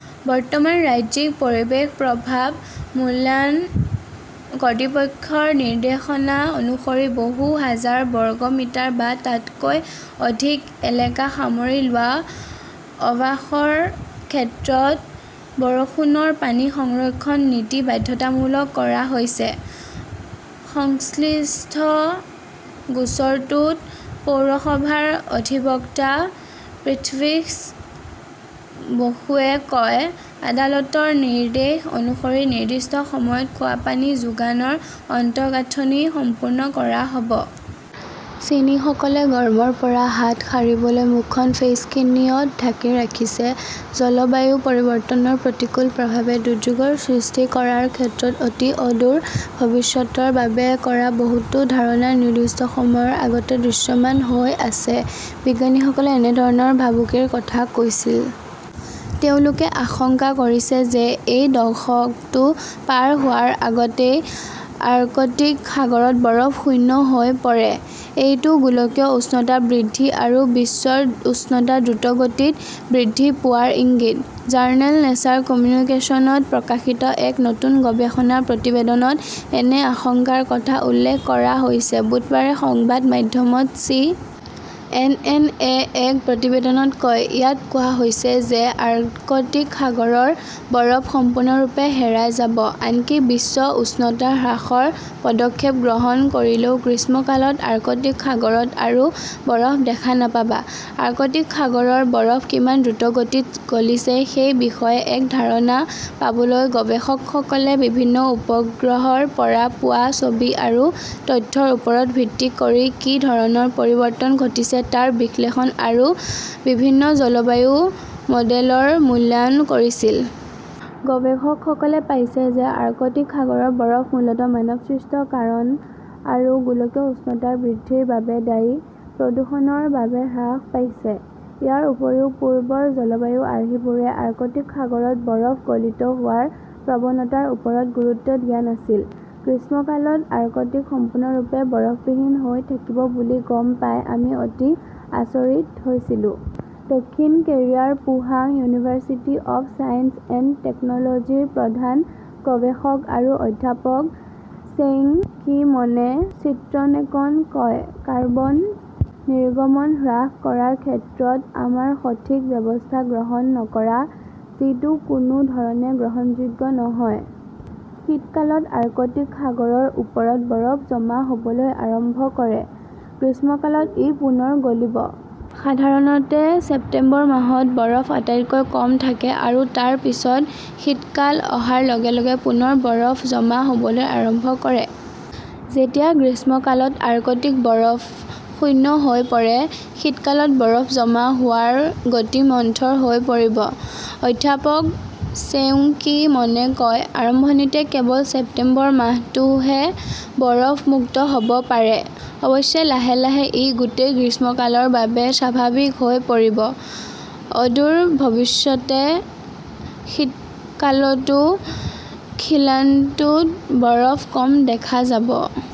বৰ্তমান, ৰাজ্যিক পৰিৱেশ প্ৰভাৱ মূল্যায়ন কৰ্তৃপক্ষ "ৰ নিৰ্দেশনা অনুসৰি বহু হাজাৰ বৰ্গ মিটাৰ বা তাতকৈ অধিক এলেকা সামৰি লোৱা আৱাসৰ ক্ষেত্ৰত বৰষুণৰ পানী সংৰক্ষণ নীতি বাধ্যতামূলক কৰা হৈছে। সংশ্লিষ্ট গোচৰটোত পৌৰসভাৰ অধিবক্তা পৃথ্বীশ বসুৱে কয়, "আদালতৰ নিৰ্দেশ অনুসৰি নিৰ্দিষ্ট সময়ত খোৱা পানী যোগানৰ আন্তঃগাঁথনি সম্পূৰ্ণ কৰা হ'ব। "চীনীসকলে গৰমৰ পৰা হাত সাৰিবলৈ মুখখন 'ফেইচকিনি'ত ঢাকি ৰাখিছে জলবায়ু পৰিৱৰ্তনৰ প্ৰতিকূল প্ৰভাৱে দুৰ্যোগৰ সৃষ্টি কৰাৰ ক্ষেত্ৰত অতি অদূৰ ভৱিষ্যতৰ বাবে কৰা বহুতো ধাৰণা নিৰ্দিষ্ট সময়ৰ আগতে দৃশ্যমান হৈ আছে। বিজ্ঞানীসকলে একেধৰণৰ ভাবুকিৰ কথা কৈছিল। তেওঁলোকে আশংকা কৰিছে যে এই দশকটো পাৰ হোৱাৰ আগতেই আৰ্কটিক সাগৰত বৰফ শূন্য হ'ব পাৰে। এইটো গোলকীয় উষ্ণতা বৃদ্ধি আৰু বিশ্বৰ উষ্ণতা দ্ৰুতগতিত বৃদ্ধি পোৱাৰ ইংগিত। জাৰ্নেল নেচাৰ কমিউনিকেশ্বনত প্ৰকাশিত এক নতুন গৱেষণা প্ৰতিবেদনত এনে আশংকাৰ কথা উল্লেখ কৰা হৈছে ", বুধবাৰে সংবাদ মাধ্যম চি. এন. এন. -এ এক প্ৰতিবেদনত কয়। ইয়াত কোৱা হৈছে যে আৰ্কটিক সাগৰৰ বৰফ সম্পূৰ্ণৰূপে হেৰাই যাব। আনকি বিশ্ব উষ্ণতা হ্ৰাসৰ পদক্ষেপ গ্ৰহণ কৰিলেও গ্ৰীষ্মকালত আৰ্কটিক সাগৰত আৰু বৰফ দেখা নাপাব। আৰ্কটিক সাগৰৰ বৰফ কিমান দ্ৰুতগতিত গলিছে সেই বিষয়ে এক ধাৰণা পাবলৈ, গৱেষকসকলে বিভিন্ন উপগ্ৰহৰ পৰা পোৱা ছবি আৰু তথ্যৰ ওপৰত ভিত্তি কৰি কি ধৰণৰ পৰিৱৰ্তন ঘটিছে তাৰ বিশ্লেষণ আৰু বিভিন্ন জলবায়ু মডেলৰ মূল্যায়ন কৰিছিল। গৱেষকসকলে পাইছে যে আৰ্কটিক সাগৰৰ বৰফ মূলতঃ মানৱসৃষ্ট কাৰণ আৰু গোলকীয় উষ্ণতা বৃদ্ধিৰ বাবে দায়ী প্ৰদূষণৰ বাবে হ্ৰাস পাইছে। ইয়াৰ উপৰিও, পূৰ্বৰ জলবায়ু আৰ্হিবোৰে আৰ্কটিক সাগৰত বৰফ গলিত হোৱাৰ প্ৰৱণতাৰ ওপৰত গুৰুত্ব দিয়া নাছিল। "গ্ৰীষ্মকালত আৰ্কটিক সম্পূৰ্ণৰূপে বৰফবিহীন হৈ থাকিব বুলি গম পাই আমি অতি আচৰিত হৈছিলো", দক্ষিণ কোৰিয়াৰ Pohang university of science and টেকন "লজিৰ প্ৰধান গৱেষক আৰু অধ্যাপক ছেউং-কি মিনে চিএনএনক কয়। কাৰ্বন নিৰ্গমন হ্ৰাস কৰাৰ ক্ষেত্ৰত আমাৰ সঠিক ব্যৱস্থা গ্ৰহণ নকৰা, যিটো কোনো ধৰণে গ্ৰহণযোগ্য নহয়। "শীতকালত আৰ্কটিক সাগৰৰ ওপৰত বৰফ জমা হ'বলৈ আৰম্ভ কৰে। গ্ৰীষ্মকালত ই পুনৰ গলিব। সাধাৰণতে, ছেপ্টেম্বৰ মাহত বৰফ আটাইতকৈ কম থাকে আৰু তাৰ পিছত শীতকাল অহাৰ লগে লগে পুনৰ বৰফ জমা হ'বলৈ আৰম্ভ কৰে। "যেতিয়া গ্ৰীষ্মকালত আৰ্কটিক বৰফ শূন্য হৈ পৰে, শীতকালত বৰফ জমা হোৱাৰ গতি মন্থৰ হৈ পৰিব", অধ্যাপক ছেউং-কি মিনে কয়। আৰম্ভণিতে কেৱল ছেপ্টেম্বৰ মাহটোহে বৰফ-মুক্ত হ'ব পাৰে। অৱশ্যে, লাহে লাহে ই গোটেই গ্ৰীষ্মকালৰ বাবে স্বাভাৱিক হৈ পৰিব। অদূৰ ভৱিষ্যতে শীতকালতও খিলানটোত বৰফ কম দেখা যাব।